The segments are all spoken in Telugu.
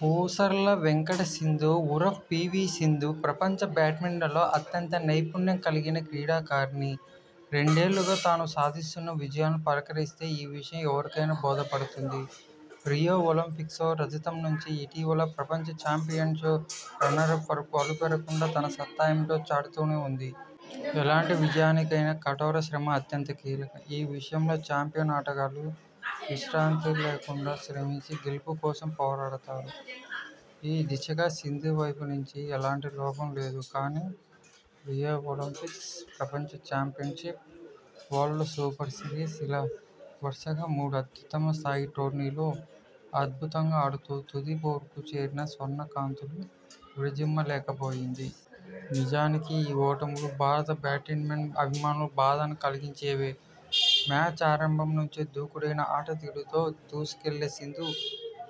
పూసర్ల వెంకట సింధు ఉరఫ్ పీవీ సింధు.. ప్రపంచ బ్యాడ్మింటన్లో అత్యంత నైపుణ్యం కలిగిన క్రీడాకారిణి.. రెండేళ్లుగా తాను సాధిస్తున్న విజయాలను పరికిస్తే ఈ విషయం ఎవరికైనా బోధపడుతుంది. రియో ఒలింపిక్స్లో రజతం నుంచి ఇటీవలి ప్రపంచ చాంపియన్షిప్లో రన్నరప్ వరకు అలుపెరగకుండా తన సత్తా ఏమిటో చాటుతూనే ఉంది. ఎలాంటి విజయానికైనా కఠోరశ్రమ అత్యంత కీలకం. ఈ విషయంలో చాంపియన్ ఆటగాళ్లు విశ్రాంతి లేకుండా శ్రమించి గెలుపు కోసం పోరాడతారు. ఈ దిశగా సింధు వైపునుంచి ఎలాంటి లోపం లేదు. కానీ రియో ఒలింపిక్స్, ప్రపంచ చాంపియన్షిప్, వరల్డ్ సూపర్ సిరీస్.. ఇలా వరుసగా మూడు అత్యుత్తమ స్థాయి టోర్నీల్లో అద్భుతంగా ఆడుతూ తుది పోరుకు చేరినా స్వర్ణ కాంతులు విరజిమ్మలేకపోయింది. నిజానికి ఈ ఓటములు భారత బ్యాడ్మింటన్ అభిమానులకు బాధను కలిగించేవే! మ్యాచ్ ఆరంభం నుంచే దూకుడైన ఆటతీరుతో దూసుకెళ్లే సింధు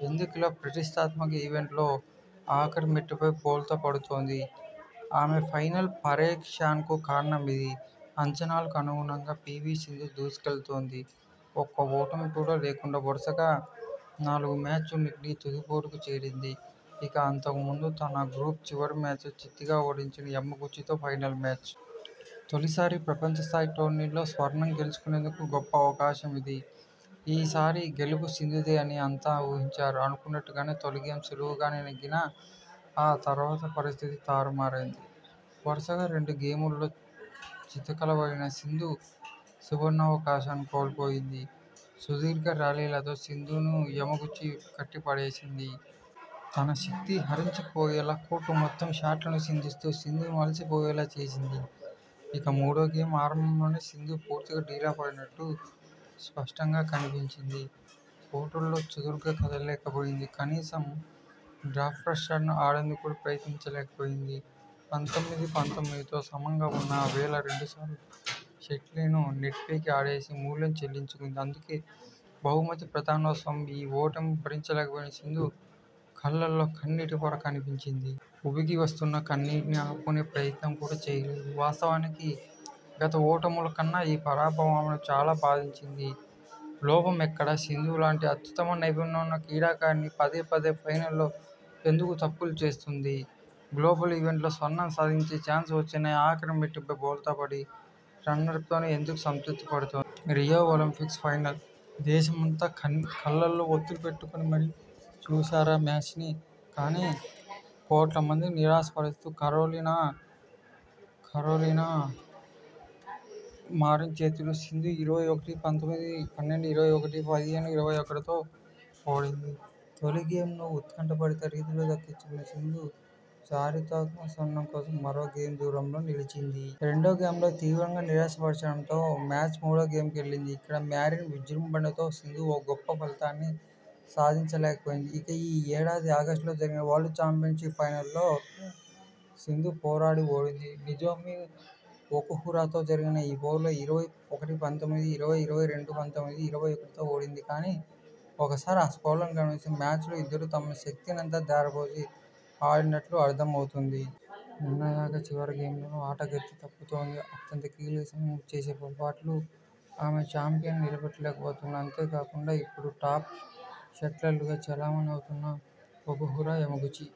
ఎందుకిలా ప్రతిష్ఠాత్మక ఈవెంట్లలో ఆఖరి మెట్టుపై బోల్తా పడుతోంది? ఆమె 'ఫైనల్' పరేషాన్కు కారణమేంది? అంచనాలకు అనుగుణంగా పీవీ సింధు దూసుకెళుతోంది. ఒక్క ఓటమి కూడా లేకుండా వరుసగా నాలుగుమ్యాచ్లు నెగ్గి తుదిపోరుకు చేరింది ఇక అంతకుముందు తన గ్రూప్ చివరిమ్యాచ్లో చిత్తుగా ఓడించిన యమగుచితో ఫైనల్ మ్యాచ్. తొలిసారి ప్రపంచస్థాయి టోర్నీలో స్వర్ణం గెలుచుకునేందుకు గొప్ప అవకాశం ఇది. ఈసారీ గెలుపు సింధుదే అని అంతా ఊహించారు. అనుకున్నట్టుగానే తొలి గేమ్ సులువుగా నే నెగ్గినా ఆ తర్వాత పరిస్థితి తారుమారైంది. వరుసగా రెండు గేముల్లో చతికిలబడిన సింధు సువర్ణావకాశాన్ని కోల్పోయింది. సుదీర్ఘర్యాలీలతో సింధును యమగుచి కట్టి పడేసింది. తన శక్తి హరించుకుపోయేలా కోర్టు మొత్తం షాట్లను సంధిస్తూ సింధును అలసిపోయేలా చేసింది. ఇక మూడో గేమ్ ఆరంభంలోనే సింధు పూర్తిగా డీలాపడినట్టు స్పష్టంగా కనిపించింది. కోర్టులో చురుగ్గా కదలలేకపోయింది. కనీసం డ్రాప్షాట్లను ఆడేందుకు కూడా ప్రయత్నించ లేకపోయింది. పంతొమ్మిది-పంతొమ్మిదితో సమంగా ఉన్న వేళ రెండుసార్లు షటిల్ను నెట్పైకి ఆడేసి మూల్యం చెల్లించుకుంది అందుకే బహుమతి ప్రదా నోత్సవంలో ఈ ఓటమిని భరించలేకపోయిన సింధు కళ్లల్లో కన్నీటి పొర కనిపించింది. ఉబికి వస్తున్న కన్నీటిని ఆపుకొనే ప్రయత్నం కూడా చేయలేదు. వాస్తవానికి గత ఓటముల కన్నా ఈ పరాభవం ఆమెను చాలా బాధించింది. లోపం ఎక్కడ? సింధులాంటి అత్యుత్తమ నైపుణ్యమున్న క్రీడాకారిణి పదేపదే ఫైనల్స్లో ఎందుకు తప్పులు చేస్తోంది? గ్లోబల్ ఈవెంట్స్లో స్వర్ణం సాధించే చాన్స్ వచ్చినా ఆఖరిమెట్టుపై బోల్తాపడి రన్నరప్తోనే ఎందుకు సంతృప్తిపడుతోంది? రియో ఒలింపిక్స్ ఫైనల్.. దేశమంతా కళ్లల్లో ఒత్తులు పెట్టుకు ని మరీ చూశారీ మ్యాచ్ను. కానీ కోట్లాది మందిని నిరాశపరుస్తూ కరోలినా మారిన్ చేతిలో సింధు ఇరవై ఒకటి-పంతొమ్మిది, పన్నెండు-ఇరవై ఒకటి, పదిహేను-ఇరవై ఒకటితో ఓడింది తొలి గేమ్ను ఉత్కంఠ భరిత రీతిలో దక్కించుకున్న సింధు చరిత్రాత్మక స్వర్ణం కోసం మరో గేమ్ దూరంలో నిలిచింది. రెండోగేమ్లో తీవ్రంగా నిరాశపరచడంతో మ్యాచ్ మూడో గేమ్కు వెళ్లింది. ఇక్కడ మారిన్ విజృంభణతో సింధు ఓ గొప్ప ఫలితాన్ని సాధించలేకపోయింది. ఇక ఈ ఏడాది ఆగస్టులో జరిగిన వరల్డ్ చాంపియన్షిప్ ఫైనల్లో నూ సింధు పోరాడి ఓడింది. నొజోమి ఒకుహరా తో జరిగిన ఆ పోరులో ఇరవై ఒకటి-పంతొమ్మిది, ఇరవై-ఇరవై రెండు, పంతొమ్మిది-ఇరవై ఒకటితో ఓడింది కానీ ఒక్కసారి ఆ స్కోర్లను గమనిస్తే మ్యాచ్లో ఇద్దరు తమ శక్తినంతా ధారపోసి ఆడినట్టు అర్థమవుతుంది. నిర్ణాయక చివరి గేమ్లోనే ఆట గతి తప్పుతోంది. అత్యంత కీలక సమయంలో చేసే పొరపాట్లు ఆమెను చాంపియన్గా నిలబెట్టలేకపోతున్నాయి. అంతేకాకుండా ఇప్పుడు టాప్ షట్లర్లుగా చెలామణి అవుతున్న ఒకుహర, యమగుచి,